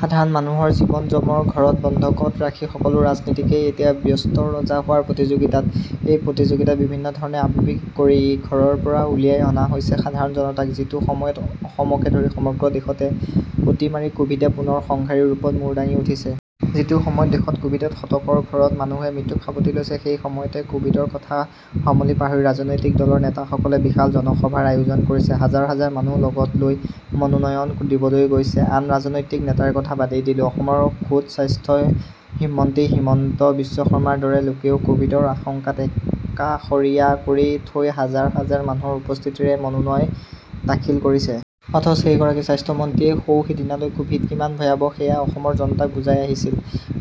সাধাৰণ মানুহৰ জীৱন যমৰ ঘৰত বন্ধকত ৰাখি সকলো ৰাজনীতিকেই এতিয়া ব্যস্ত ৰজা হোৱাৰ প্ৰতিযোগিতাত। এই প্ৰতিযোগিতাত বিভিন্ন ধৰণে আবেগিক কৰি ঘৰৰ পৰা উলিয়াই অনা হৈছে সাধাৰণ জনতাক। যিটো সময়ত অসমকে ধৰি সমগ্ৰ দেশতে অতিমাৰী কোভিডে পুনৰ সংহাৰী ৰূপত মূৰ দাঙি উঠিছে। যিটো সময়ত দেশত কোভিডত শতকৰ ঘৰত মানুহে মৃত্যুক সাৱটি লৈছে, সেই সময়তে কোভিডৰ কথা সমূলি পাহৰি ৰাজনৈতিক দলৰ নেতাসকলে বিশাল জনসভাৰ আয়োজন কৰিছে। হাজাৰ হাজাৰ মানুহ লগতলৈ মনোনয়ন দিবলৈ গৈছে। আন ৰাজনৈতিক নেতাৰ কথা বাবেই দিলো অসমৰ খোদ স্বাস্থ্য মন্ত্ৰী হিমন্ত বিশ্ব শৰ্মাৰ দৰে লোকেও কোভিডৰ আশংকাক একাষৰীয়া কৰি থৈ হাজাৰ হাজাৰ মানুহৰ উপস্থিতিৰে মনোনয় দাখিল কৰিছে। অথচ সেই গৰাকী স্বাস্থ্য মন্ত্ৰীয়েই সৌ সিদিনালৈ কোভিড কিমান ভয়াৱহ সেয়া অসমৰ জনতাক বুজাই আহিছিল।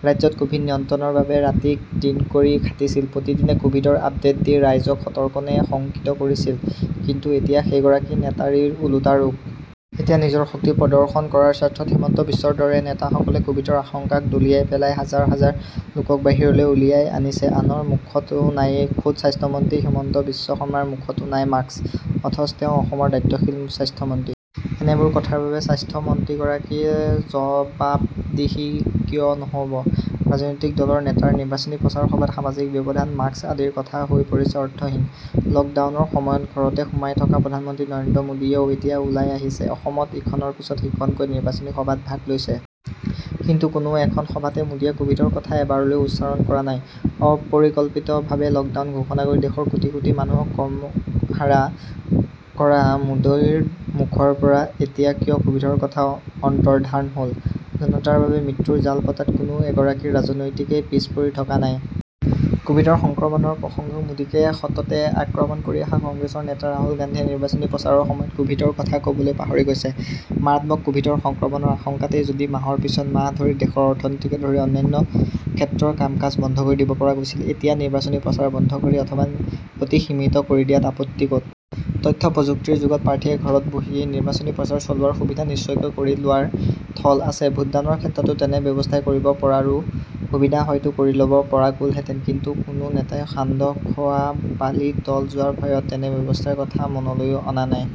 ৰাজ্যত কোভিড নিয়ন্ত্ৰণৰ বাবে ৰাতিক দিন কৰি খাটিছিল। প্ৰতিদিনে কোভিডৰ আপডেট দি ৰাইজক সতৰ্ক নে শংকিত কৰিছিল। কিন্তু এতিয়া সেই গৰাকী নেতাৰেই ওলোটা ৰূপ। এতিয়া নিজৰ শক্তি প্ৰদৰ্শন কৰাৰ স্বাৰ্থত হিমন্ত বিশ্বৰ দৰে নেতাসকলে কোভিডৰ আশংকাক দলিয়াই পেলাই হাজাৰ হাজাৰ লোকক বাহিৰলৈ উলিয়াই আনিছে। আনৰ মুখততো নায়েই খোদ স্বাস্থ্যমন্ত্ৰী হিমন্ত বিশ্ব শৰ্মাৰ মুখতো নাই মাস্ক। অথচ তেওঁ অসমৰ দায়িত্বশীল স্বাস্থ্যমন্ত্ৰী। এনেবোৰ কথাৰ বাবে স্বাস্থ্যমন্ত্ৰীগৰাকী জবাবদিহি কিয় নহব। ৰাজনৈতিক দলৰ নেতাৰ নিৰ্বাচনী প্ৰচাৰ সভাত সামাজিক ব্যৱধান মাস্ক আদিৰ কথা হৈ পৰিছে অৰ্থহীন। লকডাউনৰ সময়ত ঘৰতে সোমাই থকা প্ৰধানমন্ত্ৰী নৰেন্দ্ৰ মোদীয়েও এতিয়া ওলাই আহিছে। অসমত ইখনৰ পিছত সিখনকৈ নিৰ্বাচনী সভাত ভাগ লৈছে। কিন্তু কোনো এখন সভাতে মোদীয়ে কোভিডৰ কথা এবাৰলৈও উচ্চাৰণ কৰা নাই। অপৰিকল্পিত ভাবে লকডাউন ঘোষণা কৰি দেশৰ কোটি কোটি মানুহক কৰ্মহাৰা কৰা মোদইৰ মুখৰ পৰা এতিয়া কিয় কোভিডৰ কথা অন্তৰ্ধান হ'ল ।জনতাৰ বাবে মৃত্যুৰ জাল পতাত কোনো এগৰাকী ৰাজনীতিকেই পিছ পৰি থকা নাই। কোভিডৰ সংক্ৰমণৰ প্ৰসংগত মোদীক সততে আক্ৰমণ কৰি অহা কংগ্ৰেছৰ নেতা ৰাহুল গান্ধীয়ে নিৰ্বাচনী প্ৰচাৰৰ সময়ত কোভিডৰ কথা কবলৈ পাহৰি গৈছে। মাৰাত্মক কোভিডৰ সংক্ৰমণৰ আশংকাতেই যদি মাহৰ পিছত মাহ ধৰি দেশৰ অৰ্থনীতিকে ধৰি অন্যান্য ক্ষেত্ৰৰ কামকাজ বন্ধ কৰি দিব পৰা গৈছিল, এতিয়া নিৰ্বাচনী প্ৰচাৰ বন্ধ কৰি অথবা অতি সীমিত কৰি দিয়াত আপত্তি ক'ত? তথ্য প্ৰযুক্তিৰ যুগত প্ৰাৰ্থীয়ে ঘৰত বহিয়েই নিৰ্বাচনী প্ৰচাৰ চলোৱাৰ সুবিধা নিশ্চয়কৈ কৰি লোৱাৰ থল আছে। ভোটদানৰ ক্ষেত্ৰতো তেনে ব্যৱস্থাই কৰিব পৰাৰো সুবিধা হয়তো কৰি ল'ব পৰা গলহেঁতেন। কিন্তু কোনো নেতাই সান্দহ খোৱা বালি তল যোৱাৰ ভয়ত তেনে ব্যৱস্থাৰ কথা মনলৈও অনা নাই।